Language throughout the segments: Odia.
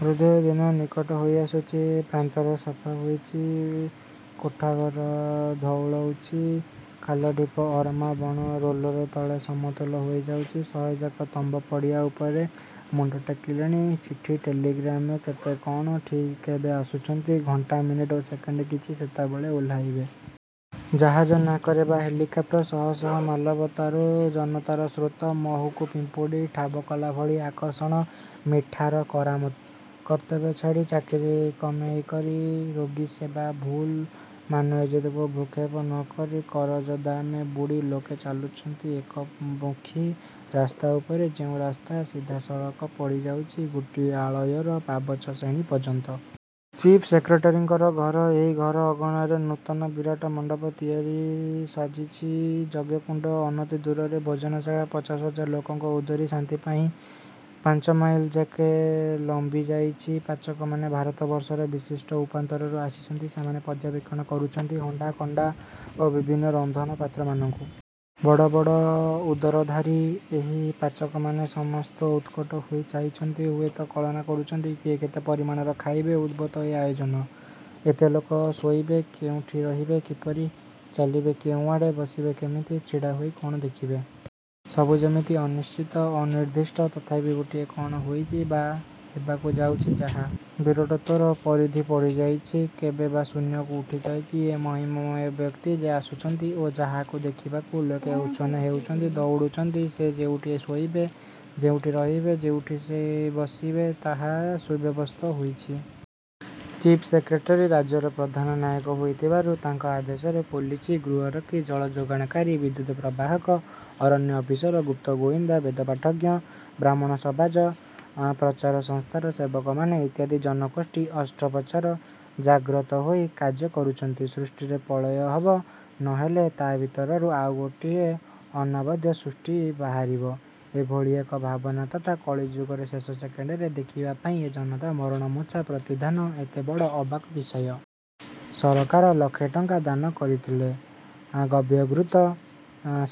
ହୃଦୟ ଦିନ ନିକଟ ହୋଇଆସୁଛି। ପ୍ରାନ୍ତର ସଫା ହେଉଛି। କୋଠାଘର ଧଉଳୁଛି। ଖାଲ, ଢିପ, ଅରମା ବଣ ରୋଲର୍ ତଳେ ସମତୁଲ ହୋଇ ଯାଉଛି। ଶହେଯାଏ ତମ୍ବୁ ପଡ଼ିଆ ଉପରେ ମୁଣ୍ଡ ଟେକିଲେଣି। ଚିଠି, ଟେଲିଗ୍ରାମ୍ କେତେ କଅଣ? ଠିକ୍ କେବେ ଆସୁଛନ୍ତି? ଘଣ୍ଟା, ମିନିଟ୍ ଓ ସେକେଣ୍ଡ ଠିକ୍ କେତେବେଳେ ଓହ୍ଲେଇବେ? ଉଡ଼ାଜାହାଜ ନା କାର୍ରେ ବା ହେଲିକ୍ପଟରରେ? ଶହ ଶହ ମାଇଲରୁ ଜନତାର ସ୍ରୋତ। ମହୁକୁ ପିମ୍ପୁଡ଼ି ଠାବକଲାଭଳି ଏ ଆକର୍ଷଣ। ମିଠାର କରାମତି। କର୍ତ୍ତବ୍ୟ ଛାଡ଼ି ଚାକିରି କମେଇ କରି, ରୋଗୀସେବା ଭୁଲି, ମାନ-ଇଜ୍ଜତ୍କୁ ଭ୍ରୂକ୍ଷେପ ନ କରି, କରଜ-ଦାମ୍ରେ ବୁଡ଼ି ଲୋକେ ଚାଲିଛନ୍ତି ଏକମୁଖୀ ରାସ୍ତା ଉପରେ, ଯେଉଁ ରାସ୍ତା ସିଧା, ସଳଖ ପଡ଼ିଯାଇଛି ଗୋଟାଏ ଆଳୟର ପାବଚ୍ଛଶ୍ରେଣୀ ପର୍ଯ୍ୟନ୍ତ। ଚିଫ୍ ସେକ୍ରେଟେରୀଙ୍କ ଘର। ଏଇ ଘର ଅଗଣାରେ ନୂତନ ବିରାଟ ମଣ୍ଡପ ତିଆରି ସରିଛି। ଯଜ୍ଞକୁଣ୍ଡ ଅନତିଦୂରରେ। ଭୋଜନଶାଳା ପଚାଶ ହଜାର ଲୋକଙ୍କ ଉଦର ଶାନ୍ତିପାଇଁ ପାଞ୍ଚମାଇଲ୍ ଯାଏ ଲମ୍ବିଯାଇଛି। ପାଚକମାନେ ଭାରତବର୍ଷର ବିଶିଷ୍ଟ ଉପାନ୍ତରୁ ଆସିଛନ୍ତି। ସେମାନେ ପର୍ଯ୍ୟବେକ୍ଷଣ କରୁଛନ୍ତି ହଣ୍ଡା, କଡ଼ା ଓ ବିବିଧ ରନ୍ଧନପାତ୍ରମାନଙ୍କୁ। ବଡ଼ ବଡ଼ ଉଦରଧାରୀ ଏହି ପାଚକମାନେ ସମସ୍ତଙ୍କୁ କଟ୍ମଟ୍ ହୋଇ ଚାହୁଁଛନ୍ତି, ହୁଏତ କଳନା କରୁଛନ୍ତି କିଏ କେତେ ପରିମାଣରେ ଖାଇବେ। ଅଦ୍ଭୁତ ଏ ଆୟୋଜନ। ଏତେ ଲୋକ ଶୋଇବେ କେଉଁଠି, ରହିବେ କିପରି, ଚାଲିବେ କେଉଁଆଡ଼େ, ବସିବେ କିମିତି, ଛିଡ଼ା ହୋଇ କଅଣ ଦେଖିବେ। ସବୁ ଯିମିତି ଅନିଶ୍ଚିତ, ଅନିର୍ଦ୍ଦିଷ୍ଟ। ତଥାପି ଗୋଟାଏ କଅଣ ହେଉଛି ବା ହେବାକୁ ଯାଉଛି, ଯାହା। ବିରାଟତ୍ଵର ପରିଧିରେ ପଡ଼ିଯାଇଛି, କେବେ ବା ଶୂନ୍ୟକୁ ଉଠିଯାଇଛି। ଏ ମହିମାମୟ ବ୍ୟକ୍ତି ଯେ ଆସୁଛନ୍ତି ଓ ଯାହାକୁ ଦେଖିବାକୁ ଲୋକେ ଉଚ୍ଛନ୍ନ ହୋଇ ଦଉଡ଼ୁଛନ୍ତି, ସେ ଯେଉଁଠି ଶୋଇବେ, ଯେଉଁଠି ରହିବେ ଓ ଯେପରି ବସିବେ ତାହାର ସୁବ୍ୟବସ୍ଥା ହୋଇଛି। ଚିଫ୍ ସେକ୍ରେଟେରୀ ରାଜ୍ୟର ପ୍ରଧାନ ନାୟକ ହୋଇଥିବାରୁ ତାଙ୍କ ଆଦେଶରେ ପୋଲିସ, ଗୃହରକ୍ଷୀ, ଜଳଯୋଗାଣକାରୀ, ବିଦ୍ୟୁତ୍ ପ୍ରବାହକ, ଅରଣ୍ୟ ଅଫିସର, ଗୁପ୍ତ ଗୋଇନ୍ଦା, ବେଦପାଠାଭିଜ୍ଞ ବ୍ରାହ୍ମଣସମାଜ, ପ୍ରଚାର ସଂସ୍ଥାର ସେବକମାନେ ଇତ୍ୟାଦି ଜନଗୋଷ୍ଠୀ ଅଷ୍ଟପ୍ରହର ଜାଗ୍ରତ ହୋଇ କାର୍ଯ୍ୟ କରୁଛନ୍ତି। ସୃଷ୍ଟିରେ ପ୍ରଳୟ ହେବ, ନ ହେଲେ ତା'ରିଭିତରୁ ଆଉ ଗୋଟାଏ ଅନବଦ୍ୟ ସୃଷ୍ଟି ବାହାରିବ, ଏଭଳି ଏକ ଭାବନା ତଥା କଳିଯୁଗର ଶେଷ ସେକେଣ୍ଡକୁ ଦେଖିବାପାଇଁ ଏ ଜନତାର ମରଣମୂର୍ଚ୍ଛା ପ୍ରଣିଧାନ ସତେ ବଡ଼ ଅବାକ୍ ବିଷୟ। ସରକାର ଲକ୍ଷେ ଟଙ୍କା ଦାନ କରିଦେଲେ। ଗବ୍ୟଘୃତ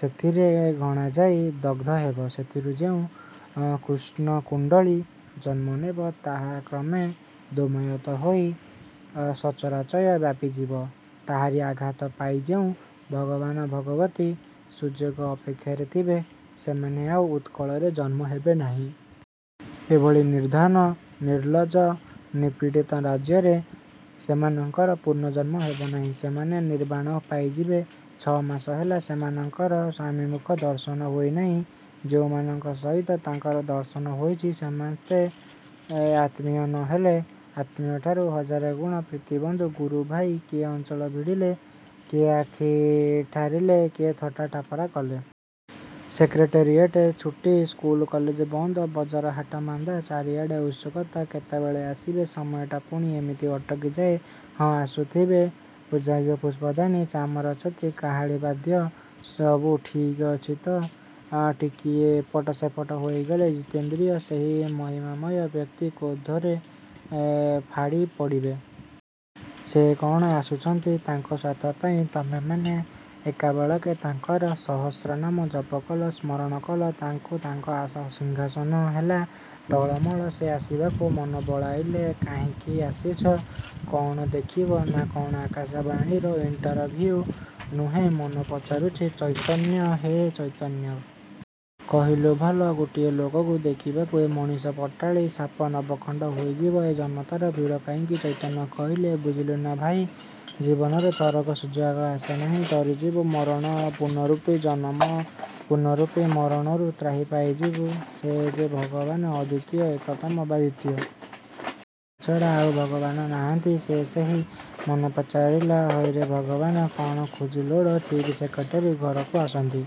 ସେଥିରେ କିଣାଯାଇ ଦଗ୍ଧ ହେବ। ସେଥିରୁ ଯେଉଁ କୃଷ୍ଣକୁଣ୍ଡଳୀ ଜନ୍ମନେବ, ତାହା କ୍ରମେ ଧୂମାୟିତ ହୋଇ ସଚରାଚର ବ୍ୟାପିଯିବ। ତାହାରି ଆଘ୍ରାଣ ପାଇ ଯେଉଁ ଭାଗ୍ୟବାନ ଭାଗ୍ୟବତୀ ସୁଯୋଗ ଅପେକ୍ଷାରେ ଥିବେ, ସେମାନେ ଆଉ ଉତ୍କଳରେ ଜନ୍ମ ହେବେନାହିଁ। ଏଭଳି ନିର୍ଦ୍ଧନ, ନିର୍ଲ୍ଲଜ୍ଜ, ନିପୀଡ଼ିତ ରାଜ୍ୟରେ ସେମାନଙ୍କର ପୁନର୍ଜନ୍ମ ହେବନାହିଁ। ସେମାନେ ନିର୍ବାଣ ପାଇଯିବେ। ଛଅମାସ ହେଲା ସେମାନଙ୍କର ସ୍ଵାମୀମୁଖ ଦର୍ଶନ ହୋଇନାହିଁ। ଯେଉଁମାନଙ୍କ ସହିତ ତାଙ୍କର ଦର୍ଶନ ହେଉଛି, ସେମାନେ ସମସ୍ତେ ଆତ୍ମୀୟ ନହେଲେ ବି ଆତ୍ମୀୟଠାରୁ ହଜାର ଗୁଣ ପ୍ରୀତିବନ୍ଧୁ, ଗୁରୁଭାଇ। କିଏ ଅଞ୍ଚଳ ଭିଡ଼ିଲେ, କିଏ ଆଖି ଠାରିଲେ, କିଏ ଥଟ୍ଟା ଟାପରା କଲେ। ସେକ୍ରେଟେରୀଏଟ୍ ଛୁଟି, ସ୍କୁଲ କଲେଜ ବନ୍ଦ, ବଜାର ହାଟ ମାନ୍ଦା, ସବୁଆଡ଼େ ଉତ୍ସୁକତା, କେତେବେଳେ ଆସିବେ, ସମୟଟା ପୁଣି ଏମିତି ଅଟକିଯାଏ। ହଁ ଆସୁଥିବେ। ପୂଜାର୍ଘ୍ୟ, ପୁଷ୍ପଦାନି, ଚାମର, ଛତି, କାହାଳୀ, ବାଦ୍ୟ, ସବୁ ଠିକ୍ ଅଛି ତ? ଟିକିଏ ଏପଟ୍ ସେପଟ୍ ହୋଇଗଲେ ଜିତେନ୍ଦ୍ରିୟ ସେହି ମହିମାମୟ ବ୍ୟକ୍ତି କ୍ରୋଧରେ ଫାଟିପଡ଼ିବେ। ସେ କଅଣ ଆସୁଛନ୍ତି ତାଙ୍କ ସ୍ଵାର୍ଥ ପାଇଁ? ତମେମାନେ ଏକାବେଳକେ ତାଙ୍କର ସହସ୍ରନାମ ଜପ କଲ, ସ୍ମରଣ କଲ; ତେଣୁ ତାଙ୍କ ସିଂହାସନ ହେଲା ଟଳମଳ। ସେ ଆସିବାକୁ ମନ ବଳାଇଲେ। କାହିଁକି ଆସିଛ? କଅଣ ଦେଖିବ? ନାଁ, ଏ ଆକାଶବାଣୀର ଇଣ୍ଟରଭିଉ ନୁହେଁ-ମନ ପଚାରୁଛି ଚୈତନ୍ୟକୁ–ହେ ଚୈତନ୍ୟ! କହିଲୁ ଭଲ, ଗୋଟାଏ ଲୋକକୁ ଦେଖିବାକୁ ଏ ମଣିଷପଟାଳି, ସାପ ନବଖଣ୍ଡ ହୋଇଯିବ, ଏ ଜନତାର ଭିଡ଼ କାହିଁକି? ଚୈତନ୍ୟ କହିଲା–ବୁଝିଲୁନାହିଁକି ଭାଇ, ଜୀବନରେ ଥରେ ସୁଯୋଗ ଆସେ। ତରିଯିବୁ, ମରଣ, ପୁନରପି ଜନମ ପୁନରପି ମରଣରୁ–ତ୍ରାହି ପାଇଯିବୁ। ସେ ଯେ ଭଗବାନ… ଅଦ୍ୱିତୀୟ ଏକତମ ବା ଦ୍ୱିତୀୟ। ତାଙ୍କ ଛଡ଼ା ଆଉ ଭଗବାନ ନାହାନ୍ତି। ସେ ସେହି। ମନ ପଚାରିଲା–ହଇରେ, ଭଗବାନ କଅଣ ଖୋଜି ଲୋଡ଼ି ଚିଫ୍ ସେକ୍ରେଟେରୀଙ୍କ ଘରକୁ ଆସନ୍ତି?